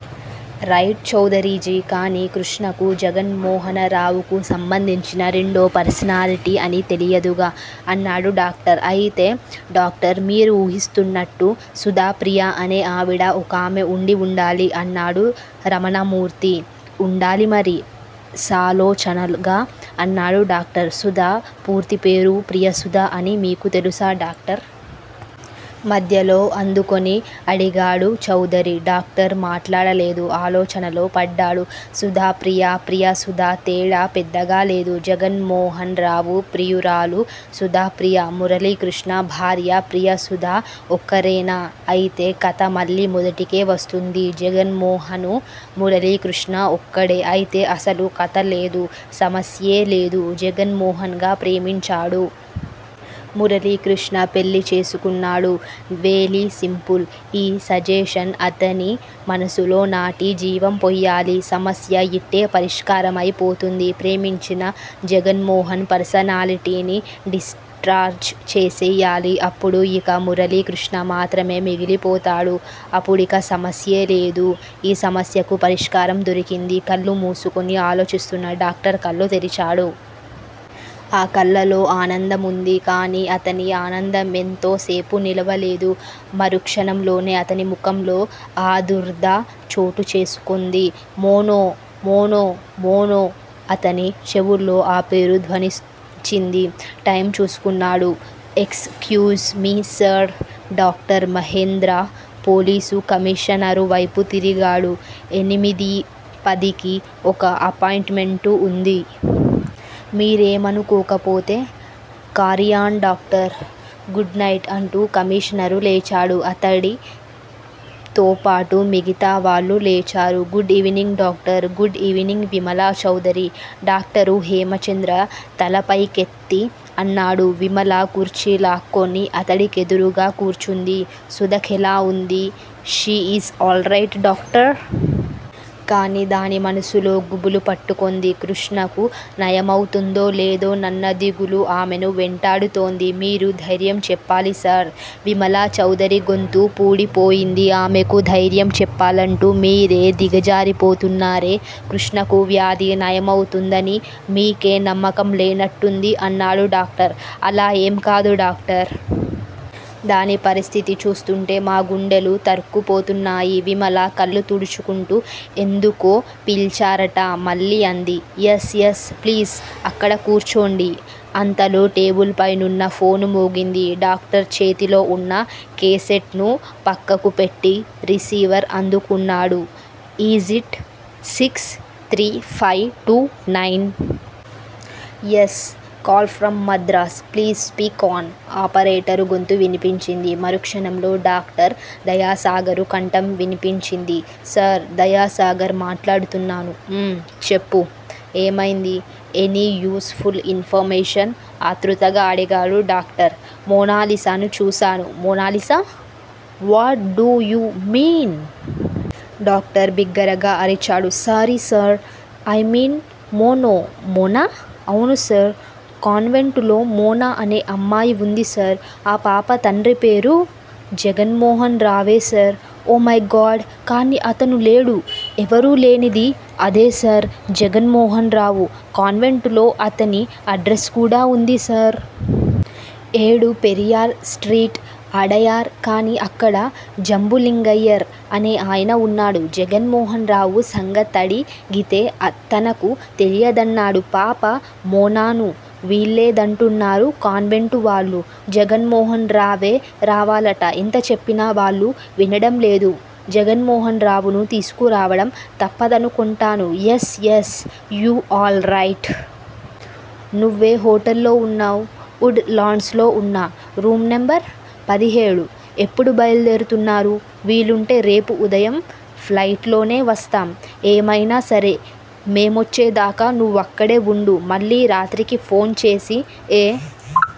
Right Chaudhary ji! కాని కృష్ణకు, జగన్మోహనరావుకు సంబంధించిన రెండో పర్సనాలిటీ అని తెలియదుగా? అన్నాడు డాక్టర్. అయితే డాక్టర్ మీరూహిస్తున్నట్టు సుధాప్రియ అనే ఆవిడ ఒకామె ఉండి వుండాలి అన్నాడు రమణమూర్తి. ఉండాలిమరి! సాలోచనగా అన్నాడు డాక్టర్. సుధ పూర్తిపేరు ప్రియసుధ అని మీకు తెలుసా డాక్టర్? మధ్యలో అందుకొని అడిగాడు చౌదరి. డాక్టర్ మాట్లాడలేదు, ఆలోచనలో పడ్డాడు. సుధాప్రియ ప్రియసుధ! తేడా పెద్దగాలేదు. జగన్మోహన్ రావు ప్రియురాలు సుధాప్రియా, మురళీకృష్ణ భార్య ప్రియసుధా ఒక్కరేనా? ఐతే కథ మళ్ళీ మొదటికే వస్తుంది. జగన్మోహనూ, మురళీకృష్ణా ఒక్కడే. ఐతే అసలు కథేలేదు. సమస్యేలేదు! జగన్మోహన్ గా ప్రేమించాడు. మురళీకృష్ణ పెళ్ళిచేసుకున్నాడు. వెలీసింపుల్! ఈ సజెషన్ అతని మనసులో నాటి జీవం పొయ్యాలి. సమస్య యిట్టే పరిష్కారమైపోతుంది. ప్రేమించిన జగన్మోహన్ పర్సనాలిటీని డిస్ట్రాయ్ చేసెయ్యాలి. అప్పుడు యిక మురళీకృష్ణ మాత్రమే మిగిలిపోతాడు. అపుడిక సమస్యేలేదు. ఈ సమస్యకు పరిష్కారం దొరికింది. కళ్ళుమూసుకొని ఆలోచిస్తున్న డాక్టర్ కళ్ళు తెరిచాడు. ఆ కళ్ళల్లో ఆనందముంది. కానీ అతని ఆనందమెంతోసేపు నిలవలేదు. మరుక్షణంలోనే అతని ముఖంలో ఆదుర్దా చోటుచేసుకొంది. మోనో! మోనో! మోనో! అతని చెవుల్లో ఆపేరు ధ్వనించింది. టైమ్ చూసుకున్నాడు. Excuse me sir! Doctor Hemachandra police కమీషనరువైపు తిరిగాడు. ఎనిమిదీపదికి ఒక అపాయింటుమెంటు ఉంది. మీరేమనుకోకపోతే? Carry on doctor? Good night! అంటూ కమీషనరు లేచాడు. అతడితోపాటు మిగతావాళ్ళూ లేచారు. Good evening doctor! Good evening Vimala Chaudhary! Doctor Hemachandra తలపైకెత్తి అన్నాడు. విమల కుర్చీ లాక్కొని అతడికెదురుగా కూర్చుంది. సుధకెలా ఉంది? She is all right doctor! కానీ దాని మనసులో గుబులు పట్టుకొంది. కృష్ణకు నయమౌతుందో లేదోనన్న దిగులు ఆమెను వెంటాడుతోంది. మీరు ధైర్యం చెప్పాలి సార్! విమలాచౌదరి గొంతు పూడిపోయింది. ఆమెకు ధైర్యం చెప్పాలంటూ మీరే దిగజారిపోతున్నారే? కృష్ణకు వ్యాధి నయమౌతుందని మీకే నమ్మకం లేనట్టుంది అన్నాడు డాక్టర్. అలా ఏంకాదు డాక్టర్. దాని పరిస్థితి చూస్తూంటే మా గుండెలు తరుక్కుపోతున్నాయి. విమల కళ్ళుతుడుచుకుంటూ ఎందుకో పిల్చారట మళ్ళీ అంది. యస్. యస్. ప్లీజ్! అక్కడ కూర్చోండి. అంతలో టేబుల్ పైనున్న ఫోను మోగింది. డాక్టర్ చేతిలో ఉన్న కేసెట్ ను పక్కకు పెట్టి రిసీవర్ అందుకున్నాడు. Is it six three five two nine? Yes! Call from Madras! Please speak on! Operator గొంతు వినిపించింది. మరుక్షణంలో డాక్టర్ దయాసాగరు కంఠం విన్పించింది. సార్! దయాసాగర్ మాట్లాడుతున్నాను. ఊ చెప్పు! ఏమైంది! Any useful information? ఆతృతగా అడిగాడు డాక్టర్. మోనాలిసాను చూశాను! Mona Lisa? What do you mean? Doctor బిగ్గరగా అరిచాడు. Sorry sir! I mean Mono! Mona? అవును సార్! కాన్వెంటులో మోనా అనే అమ్మాయి వుంది సార్! ఆ పాప తండ్రిపేరు? జగన్మోహన్ రావే సార్! Oh my god! కానీ అతను లేడు. ఎవరూ లేనిది? అదేసార్! జగన్మోహన్ రావు. కాన్వెంటులో అతని అడ్రస్ కూడా ఉందిసార్! ఏడు పెరియార్ స్ట్రీట్, అడయార్. కానీ అక్కడ జంబులింగయ్యర్ అనే ఆయన ఉన్నాడు. జగన్మోహన్ రావు సంగతడిగితే తనకు తెలియదన్నాడు. పాప మోనాను! వీల్లేదంటున్నారు కాన్వెంటువాళ్ళు. జగన్మోహన్ రావే రావాలట. ఎంతచెప్పినా వాళ్ళు వినడంలేదు. జగన్మోహన్ రావును తీసుకురావడం తప్పదనుకొంటాను. Yes, yes. You all right! నువ్వే హోటల్లో ఉన్నావ్? ఉడ్ లాండ్సు లో ఉన్నా? Room number? పదిహేడు. ఎప్పుడు బయలుదేరుతున్నారు? వీలుంటే రేపు ఉదయం ఫ్లయిట్ లోనే వస్తాం. ఏమైనాసరే మేమొచ్చేదాకా నువ్వక్కడే ఉండు మళ్ళీ రాత్రికి ఫోన్ చేసి ఏ